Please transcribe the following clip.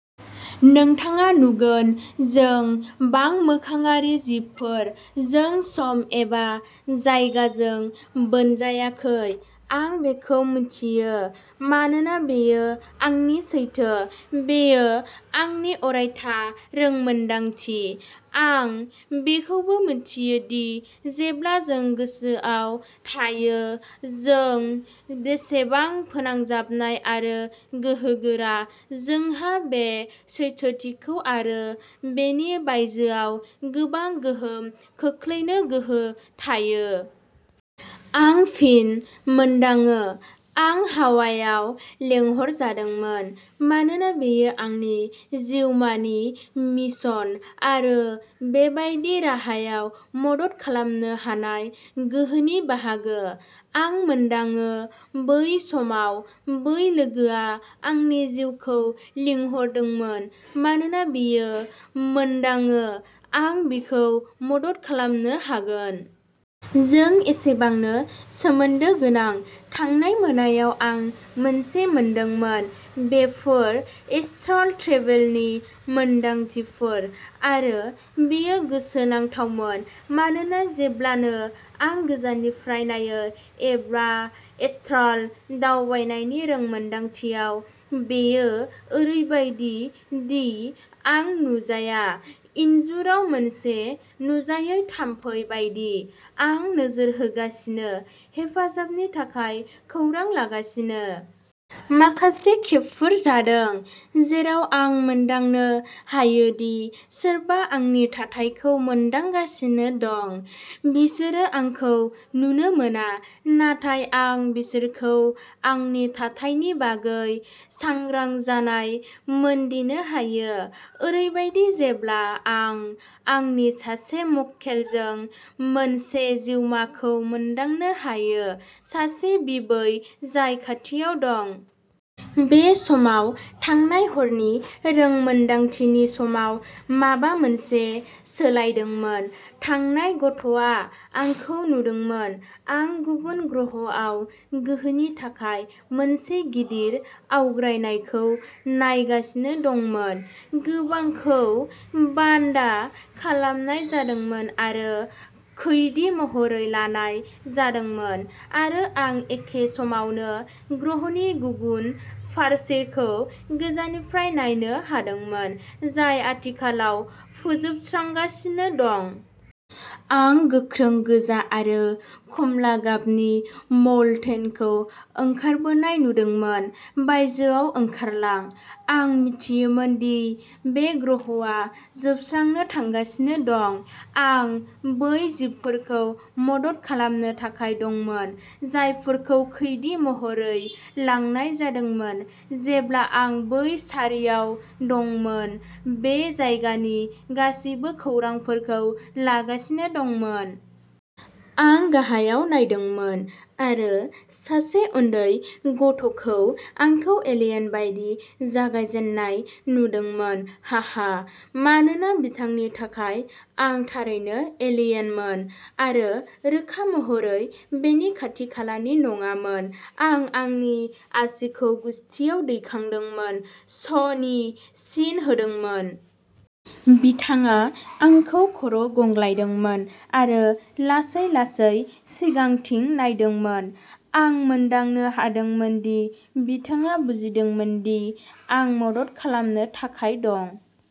नोंथाङा नुगोन जों बांमोखाङारि जिबफोर, जों सम एबा जायगाजों बोनजायाखै। आं बेखौ मिथियो मानोना बेयो आंनि सैथो, बेयो आंनि अरायथा रोंमोनदांथि। आं बेखौबो मिथियो दि जेब्ला जों गोसोआव थायो जों बेसेबां फोनांजाबनाय आरो गोहोगोरा, जोंहा बे सैथोथिखौ आरो बेनि बायजोआव गोबां गोहोम खोख्लैनो गोहो थायो। आं फिन मोनदाङो आं हावाइआव लेंहरजादोंमोन, मानोना बेयो आंनि जिउमानि मिशन आरो बेबादि राहायाव मदद खालामनो हानाय गोहोनि बाहागो। आं मोनदाङो बै समाव बै लोगोआ आंनि जिउखौ लिंहरदोंमोन मानोना बियो मोनदाङो आं बिखौ मदद खालामनो हागोन। जों एसेबांनो सोमोन्दो गोनां! थांनाय मोनायाव आं मोनसे मोनदोंमोन। बेफोर, एस्ट्राल ट्रेभेलनि मोनदांथिफोर, आरो बेयो गोसोनांथावमोन मानोना जेब्लानो आं गोजाननिफ्राय नायो; एबा एस्ट्राल दावबायनायनि रोंमोनदांथियाव बेयो ओरैबायदि दि आं नुजाया। इनजुराव मोनसे नुजायै थामफै बायदि, आं नोजोर होगासिनो, हेफाजाबनि थाखाय खौरां लागासिनो। माखासे खेबफोर जादों जेराव आं मोनदांनो हायो दि सोरबा आंनि थाथायखौ मोनदांगासिनो दं। बिसोरो आंखौ नुनो मोना नाथाय आं बिसोरखौ आंनि थाथायनि बागै सांग्रां जानाय मोनदिनो हायो। ओरैबायदि जेब्ला आं आंनि सासे मक्केलजों मोनसे जिउमाखौ मोनदांनो हायो, सासे बिबै जाय खाथियाव दं। बे समाव थांनाय हरनि रोंमोनदांथिनि समाव माबा मोनसे सोलायदोंमोन-थांनाय गथ'आ आंखौ नुदोंमोन। आं गुबुन ग्रहआव गोहोनि थाखाय मोनसे गिदिर आवग्रायनायखौ नायगासिनो दंमोन। गोबांखौ बान्दा खालामनाय जादोंमोन आरो खैदि महरै लानाय जादोंमोन, आरो आं एखे समावनो ग्रह'नि गुबुन फारसेखौ गोजाननिफ्राय नायनो हादोंमोन जाय आथिखालाव फोजोबस्रांजागासिनो दं। आं गोख्रों गोजा आरो खमला गाबनि मौल्टेनखौ ओंखारबोनाय नुदोंमोन। बायजोआव ओंखारलां। आं मिथियोमोन दि बे ग्रहआ जोबस्रांनो थांगासिनो दं। आं बै जिबफोरखौ मदद खालामनो थाखाय दंमोन, जायफोरखौ खैदि महरै लांनाय जादोंमोन। जेब्ला आं बै सारियाव दंमोन, बे जायगानि गासिबो खौरांफोरखौ लागासिनो दंमोन। आं गाहायाव नायदोंमोन आरो सासे उन्दै गथ'खौ आंखौ एलियन बायदि जागायजेननाय नुदोंमोन, हाहा। मानोना बिथांनि थाखाय, आं थारैनो एलियनमोन आरो रोखा महरै बेनि खाथि-खालानि नङामोन। आं आंनि आसिखौ गुसथिआव दैखांदोंमोन, "श्ह" नि सिन होदोंमोन। बिथाङा आंखौ खर'गंग्लायदोंमोन आरो लासै-लासै सिगांथिं नायदोंमोन। आं मोनदांनो हादोंमोन दि बिथाङा बुजिदोंमोन दि आं मदद खालामनो थाखाय दं।